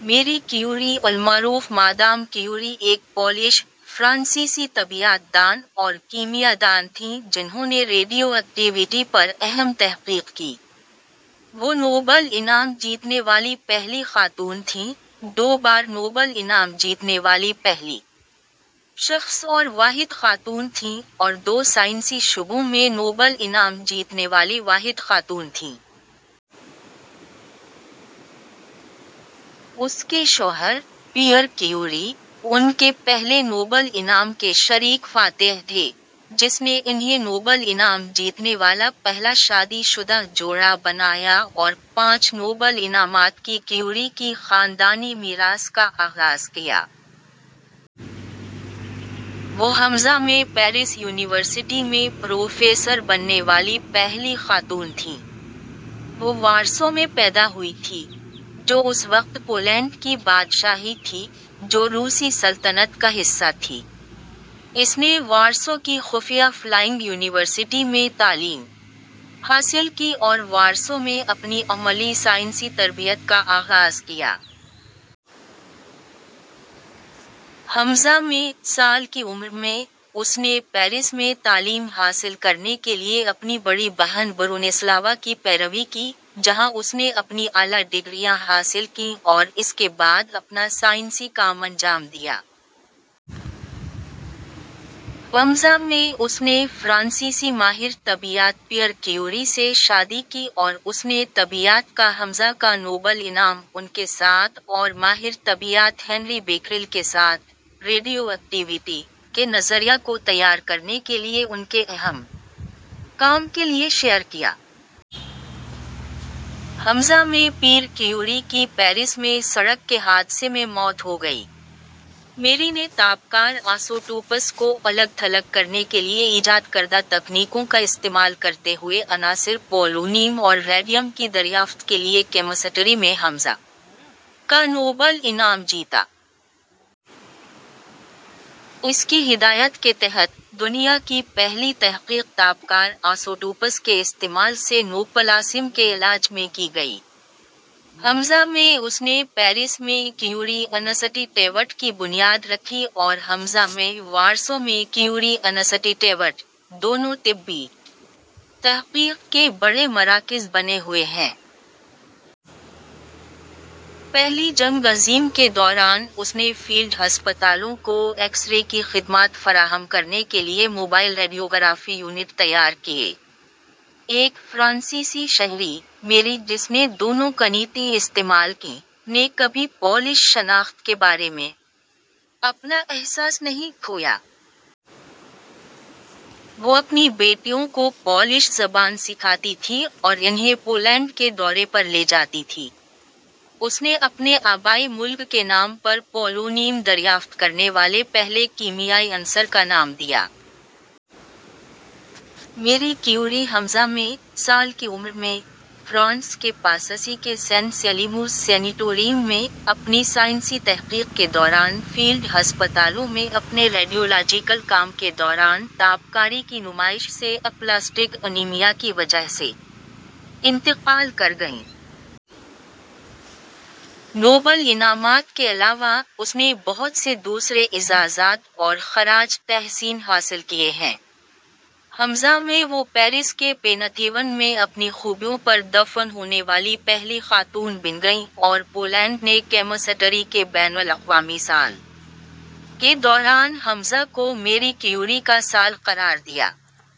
میری کیوری المعروف Madame Curie ایک پولش-فرانسیسی طبیعیات دان اور کیمیا دان تھیں جنھوں نے ریڈیو ایکٹیویٹی پر اہم تحقیق کی۔ وہ نوبل انعام جیتنے والی پہلی خاتون تھیں، دو بار نوبل انعام جیتنے والی پہلی شخص اور واحد خاتون تھیں اور دو سائنسی شعبوں میں نوبل انعام جیتنے والی واحد خاتون تھیں۔ اس کے شوہر، پیئر کیوری، ان کے پہلے نوبل انعام کے شریک فاتح تھے، جس نے انھیں نوبل انعام جیتنے والا پہلا شادی شدہ جوڑا بنایا اور پانچ نوبل انعامات کی کیوری کی خاندانی میراث کا آغاز کیا۔ وہ ء میں پیرس یونیورسٹی میں پروفیسر بننے والی پہلی خاتون تھیں۔ وہ وارسا میں پیدا ہوئی تھی، جو اس وقت پولینڈ کی بادشاہی تھی، جو روسی سلطنت کا حصہ تھی۔ اس نے وارسا کی خفیہ فلائنگ یونیورسٹی میں تعلیم حاصل کی اور وارسا میں اپنی عملی سائنسی تربیت کا آغاز کیا۔ ء میں، سال کی عمر میں، اس نے پیرس میں تعلیم حاصل کرنے کے لیے اپنی بڑی بہن برونیسلاوا کی پیروی کی، جہاں اس نے اپنی اعلیٰ ڈگریاں حاصل کیں اور اس کے بعد اپنا سائنسی کام انجام دیا۔ ء میں اس نے فرانسیسی ماہر طبیعیات پیئر کیوری سے شادی کی اور اس نے طبیعیات کا ء کا نوبل انعام ان کے ساتھ اور ماہر طبیعیات ہنری بیکریل کے ساتھ "ریڈیو ایکٹیویٹی" کے نظریہ کو تیار کرنے کے لیے ان کے اہم کام کے لیے شیئر کیا۔ ء میں پیر کیوری کی پیرس میں سڑک کے حادثے میں موت ہو گئی۔ میری نے تابکار آسوٹوپس کو الگ تھلگ کرنے کے لیے ایجاد کردہ تکنیکوں کا استعمال کرتے ہوئے عناصر پولونیم اور ریڈیم کی دریافت کے لیے کیمسٹری میں ء کا نوبل انعام جیتا۔ اس کی ہدایت کے تحت، دنیا کی پہلی تحقیق تابکار آسوٹوپس کے استعمال سے نوپلاسم کے علاج میں کی گئی۔ ء میں اس نے پیرس میں کیوری انسٹی ٹیوٹ کی بنیاد رکھی اور ء میں وارسا میں کیوری انسٹی ٹیوٹ؛ دونوں طبی تحقیق کے بڑے مراکز بنے ہوئے ہیں۔ پہلی جنگ عظیم کے دوران اس نے فیلڈ ہسپتالوں کو ایکس رے کی خدمات فراہم کرنے کے لیے موبائل ریڈیوگرافی یونٹ تیار کیے۔ ایک فرانسیسی شہری، میری جس نے دونوں کنیتیں استعمال کیں، نے کبھی پولش شناخت کے بارے میں اپنا احساس نہیں کھویا۔ وہ اپنی بیٹیوں کو پولش زبان سکھاتی تھی اور انھیں پولینڈ کے دورے پر لے جاتی تھی۔ اس نے اپنے آبائی ملک کے نام پر پولونیم دریافت کرنے والے پہلے کیمیائی عنصر کا نام دیا۔ میری کیوری ء میں، سال کی عمر میں، فرانس کے پاسسی کے سان سیلیموز سینیٹوریم میں، اپنی سائنسی تحقیق کے دوران فیلڈ ہسپتالوں میں اپنے ریڈیولاجیکل کام کے دوران تابکاری کی نمائش سے اپلاسٹک انیمیا کی وجہ سے انتقال کر گئیں۔ نوبل انعامات کے علاوہ، اس نے بہت سے دوسرے اعزازات اور خراج تحسین حاصل کیے ہیں۔ ء میں وہ پیرس کے پینتھیون میں اپنی خوبیوں پر دفن ہونے والی پہلی خاتون بن گئیں اور پولینڈ نے کیمسٹری کے بین الاقوامی سال کے دوران ء کو میری کیوری کا سال قرار دیا۔